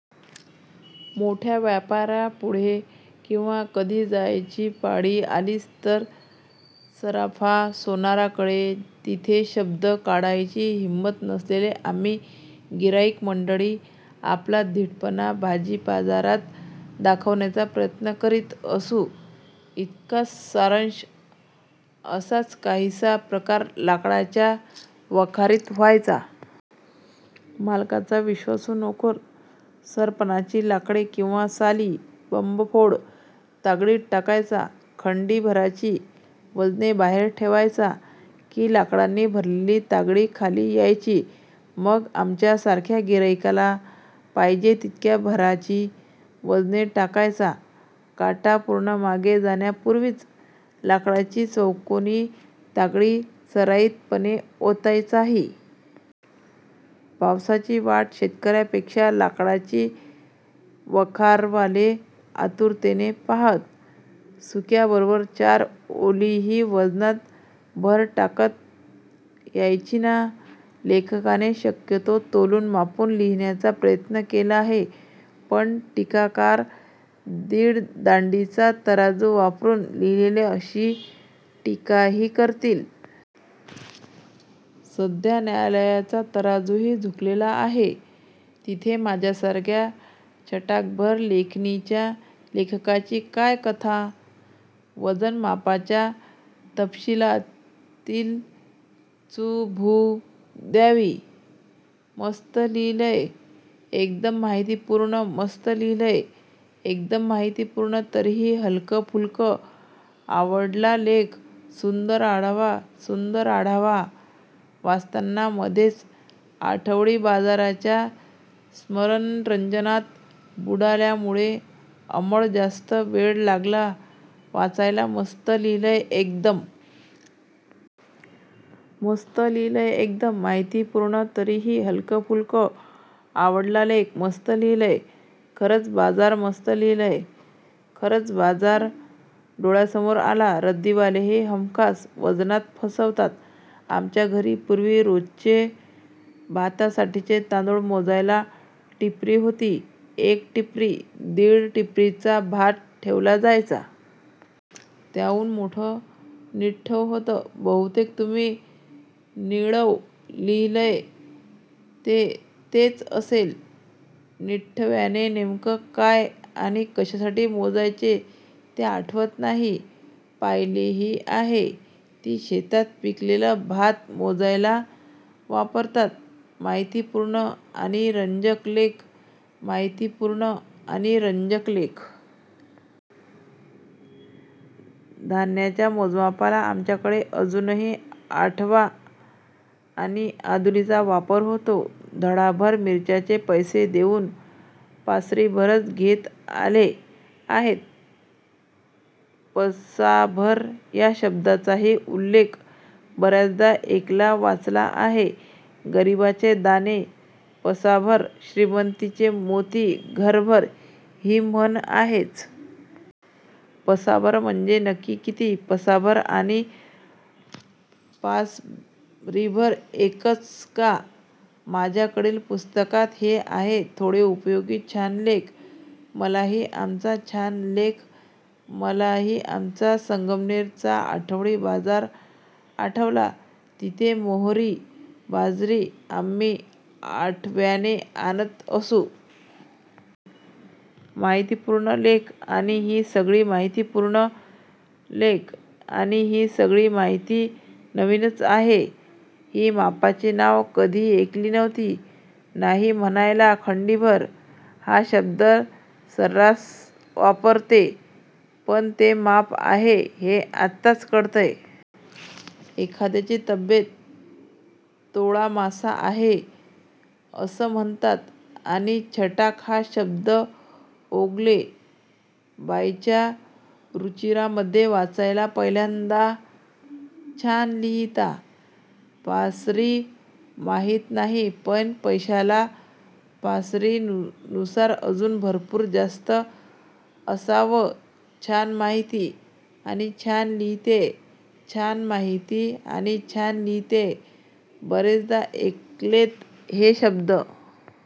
मोठ्या व्यापाऱ्यांपुढे किंवा कधी जायची पाळी आलीच तर सराफा- सोनाराकडे, तिथे शब्द काढायची हिंमत नसलेले आम्ही गिऱ्हाईक मंडळी आपला धीटपणा भाजीबाजारात दाखवण्याचा प्रयत्न करीत असू. इतकाच सारांश. असाच काहीसा प्रकार लाकडाच्या वखारीत व्हायचा. मालकाचा विश्वासू नोकर सरपणाची लाकडे, किंवा साली, बंबफोड तागडीत टाकायचा. खंडी भराची वजने बाहेर ठेवायचा. की लाकडांनी भरलेली तागडी खाली यायची. मग आमच्या सारख्या गिऱ्हाईकाला पाहिजे तितक्या भाराची वजने टाकायचा. काटा पूर्ण मागे जाण्या पूर्वीच लाकडाची चौकोनी तागडी सराईत पणे ओतायचाही! पावसाची वाट शेतकऱ्यांपेक्षा लाकडाची वखारवाले आतुरतेने पाहात. सुक्याबरोबर चार ओलीही वजनात भर टाकता यायची नां, लेखकाने शक्यतो तोलून मापून लिहिण्याचा प्रयत्न केला आहे. पण टीकाकार 'दीड दांडीचा तराजू वापरून' लिहिले अशी टीकाही करतील. सध्या न्यायालयांचा तराजूही झुकलेला आहे तिथे माझ्यासारख्या छटाकभर लेखणीच्या लेखकाची काय कथा! वजन मापाच्या तपशीलातील चु. भू. द्यावी घ्यावी! मस्त लिहिलंय एकदम-माहितीपूर्ण मस्त लिहिलंय एकदम.. माहिती पूर्ण तरीही हलकं-फुलकं, आवडला लेख. सुंदर आढावा, सुंदर आढावा, वाचताना मधेच आठवडी बाजाराच्या स्मरणरंजनात बुडाल्यामुळे अंमळ जास्तच वेळ लागला वाचायला मस्त लिहिलंय एकदम. मस्त लिहिलंय एकदम.. माहितीपूर्ण तरीही हलकंफुलकं, आवडला लेख. मस्त लिहिलंय! खरंच, बाजार मस्त लिहिलंय! खरंच, बाजार डोळ्यासमोर आला. रद्दीवालेही हमखास वजनात फसवतात. आमच्या घरी पूर्वी रोजचे भातासाठीचे तांदूळ मोजायला 'टिपरी' होती. एक टिपरी, दीड टिपरीचा भात ठेवला जायचा. त्याहून मोठं 'निठवं' होतं. बहुतेक तुम्ही निळवं लिहिलंय ते तेच असेल. निठव्याने नेमकं काय आणि कशासाठी मोजायचे ते आठवत नाही. पायलीही आहे. ती शेतात पिकलेलं भात मोजायला वापरतात. माहितीपूर्ण आणि रंजक लेख! माहितीपूर्ण आणि रंजक लेख! धान्याच्या मोजमापाला आमच्याकडे अजूनही आठवा आणि आदुलीचा वापर होतो. धडाभर मिरच्याचे पैसे देऊन पासरीभरच घेत आले आहेत 'पसाभर' या शब्दाचाही उल्लेख बऱ्याचदा ऐकला वाचला आहे. 'गरीबाचे दाणे पसाभर, श्रीमंताचे मोती घरभर' ही म्हण आहेच. पसाभर म्हणजे नक्की किती? पसाभर आणि पासरीभर एकच का? माझ्याकडील पुस्तकात हे आहे थोडे उपयोगी छान लेख!!! मलाही आमचा छान लेख!!! मलाही आमचा संगमनेर चा आठवडी बाजार आठवला. तिथे मोहरी, बाजरी आम्ही आठव्याने आणत असू. माहितीपुर्ण लेख. आणि हि सगळी माहितीपुर्ण लेख. आणि हि सगळी माहिती नवीनच आहे. हि मापाची नावं कधी ऐकली नव्हती. नाही म्हणायला "खंडीभर " हा शब्द सर्रास वापरते पण ते माप आहे हे आत्ताच कळतंय. एखाद्या ची तब्येत तोळामासा आहे असं म्हणतात. आणि छटाक हा शब्द ओगले बाईंच्या रूचिरामध्ये वाचलाय पहिल्यांदा. छान लिहीता. पासरी माहीत नाही पण 'पैशाला पासरी' नुसार अजून भरपूर जास्त असावं छान माहिती, आणि छान लिहीलेय. छान माहिती, आणि छान लिहीलेय.. बरेचदा ऐकलेत हे शब्द,